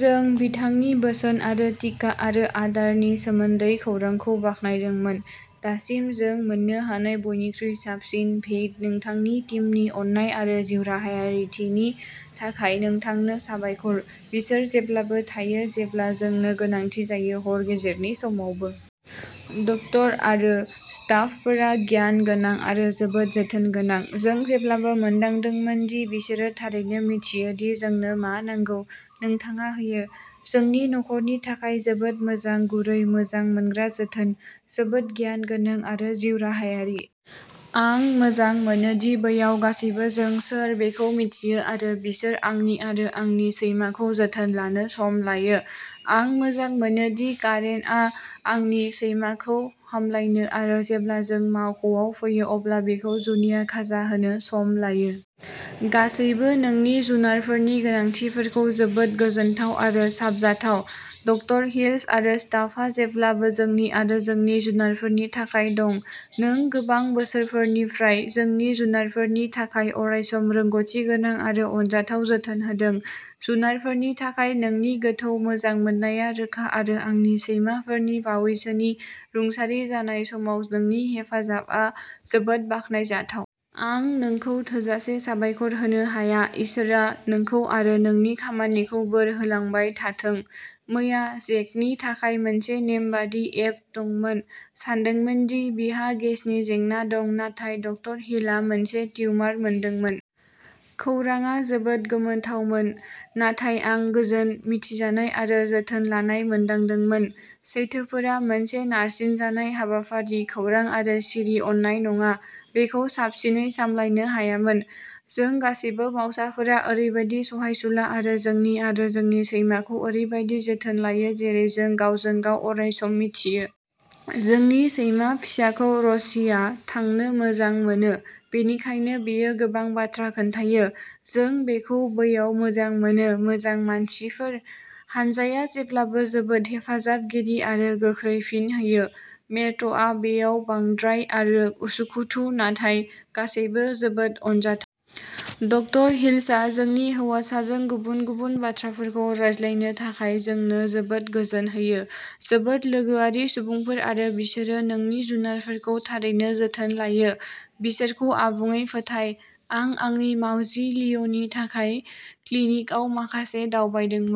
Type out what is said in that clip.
जों बिथांनि बोसोन आरो टिका आरो आदारनि सोमोन्दै खौरांखौ बाख्नायदोंमोन। दासिम जों मोन्नो हानाय बयनिख्रुइ साबसिन भेइट, नोंथांनि टीमनि अननाय आरो जिउराहायारिथिनि थाखाय नोंथांनो साबायखर। बिसोर जेब्लाबो थायो जेब्ला जोंनो गोनांथि जायो। हर गेजेरनि समावबो। ड. आरो स्टाफफोरा गियान गोनां आरो जोबोद जोथोन गोनां। जों जेब्लाबो मोनदांदोंमोन दि बिसोरो थारैनो मिथियो दि जोंनो मा नांगौ। नोंथाङा होयो। जोंनि नखरनि थाखाय जोबोद मोजां, गुरै, मोजां मोनग्रा जोथोन। जोबोद गियान गोनां आरो जिउराहायारि। आं मोजां मोनो दि बैयाव गासैबो जों सोर बेखौ मिथियो आरो बिसोर आंनि आरो आंनि सैमाखौ जोथोन लानो सम लायो। आं मोजां मोनो दि कारेनआ आंनि सैमाखौ हामलायनो आरो जेब्ला जों मावख'आव फैयो अब्ला बिखौ जुनिया खाजा होनो सम लायो। गासैबो नोंनि जुनारफोरनि गोनांथिफोरखौ जोबोद गोजोनथाव आरो साबजाथाव! ड. हिल्स आरो स्टाफआ जेब्लाबो जोंनि आरो जोंनि जुनारफोरनि थाखाय दं। नों गोबां बोसोरफोरनिफ्राय जोंनि जुनारफोरनि थाखाय अरायसम रोंग'थिगोनां आरो अनजाथाव जोथोन होदों। जुनारफोरनि थाखाय नोंनि गोथौ मोजां मोननाया रोखा आरो आंनि सैमाफोरनि बावैसोनि रुंसारि जानाय समाव नोंनि हेफाजाबआ जोबोद बाखनायजाथाव। आं नोंखौ थोजासे साबायखर होनो हाया। इसोरआ नोंखौ आरो नोंनि खामानिखौ बोर होलांबाय थाथों। मैया जेकनि थाखाय मोनसे नेमबादि एप्ट दंमोन। सानदोंमोन दि बिहा गेसनि जेंना दं नाथाय ड. हिलआ मोनसे टिउमार मोनदोंमोन। खौरांआ जोबोद गोमोथावमोन, नाथाय आं गोजोन, मिथिजानाय आरो जोथोन लानाय मोनदांदोंमोन। सैथोफोरा मोनसे नारसिनजानाय हाबाफारि, खौरां आरो सिरि अननाय नङा। बेखौ साबसिनै सामलायनो हायामोन। जों गासैबो मावसाफोरा ओरैबायदि सहायसुला आरो जोंनि आरो जोंनि सैमाखौ ओरैबायदि जोथोन लायो जेरै जों गावजों-गाव अरायसम मिथियो। जोंनि सैमा फिसौ र'सीआ थांनो मोजां मोनो, बेनिखायनो बेयो गोबां बाथ्रा खोन्थायो! जों बेखौ बैयाव मोजां मोनो! मोजां मानसिफोर!?? हानजाया जेब्लाबो जोबोद हेफाजाबगिरि आरो गोख्रै फिन होयो। मेरट'आ बैयाव बांद्राय आरो उसुखुथु नाथाय गासैबो जोबोद अनजाथाव। ड. हिल्सआ जोंनि हौवासाजों गुबुन-गुबुन बाथ्राफोरखौ रायज्लायनो थाखाय जोंनो जोबोद गोजोन होयो। जोबोद लोगोआरि सुबुंफोर आरो बिसोरो नोंनि जुनारफोरखौ थारैनो जोथोन लायो। बिसोरखौ आबुङै फोथाय। आं आंनि मावजि लिअ'नि थाखाय क्लिनिकआव माखासे दावबायदोंमोन।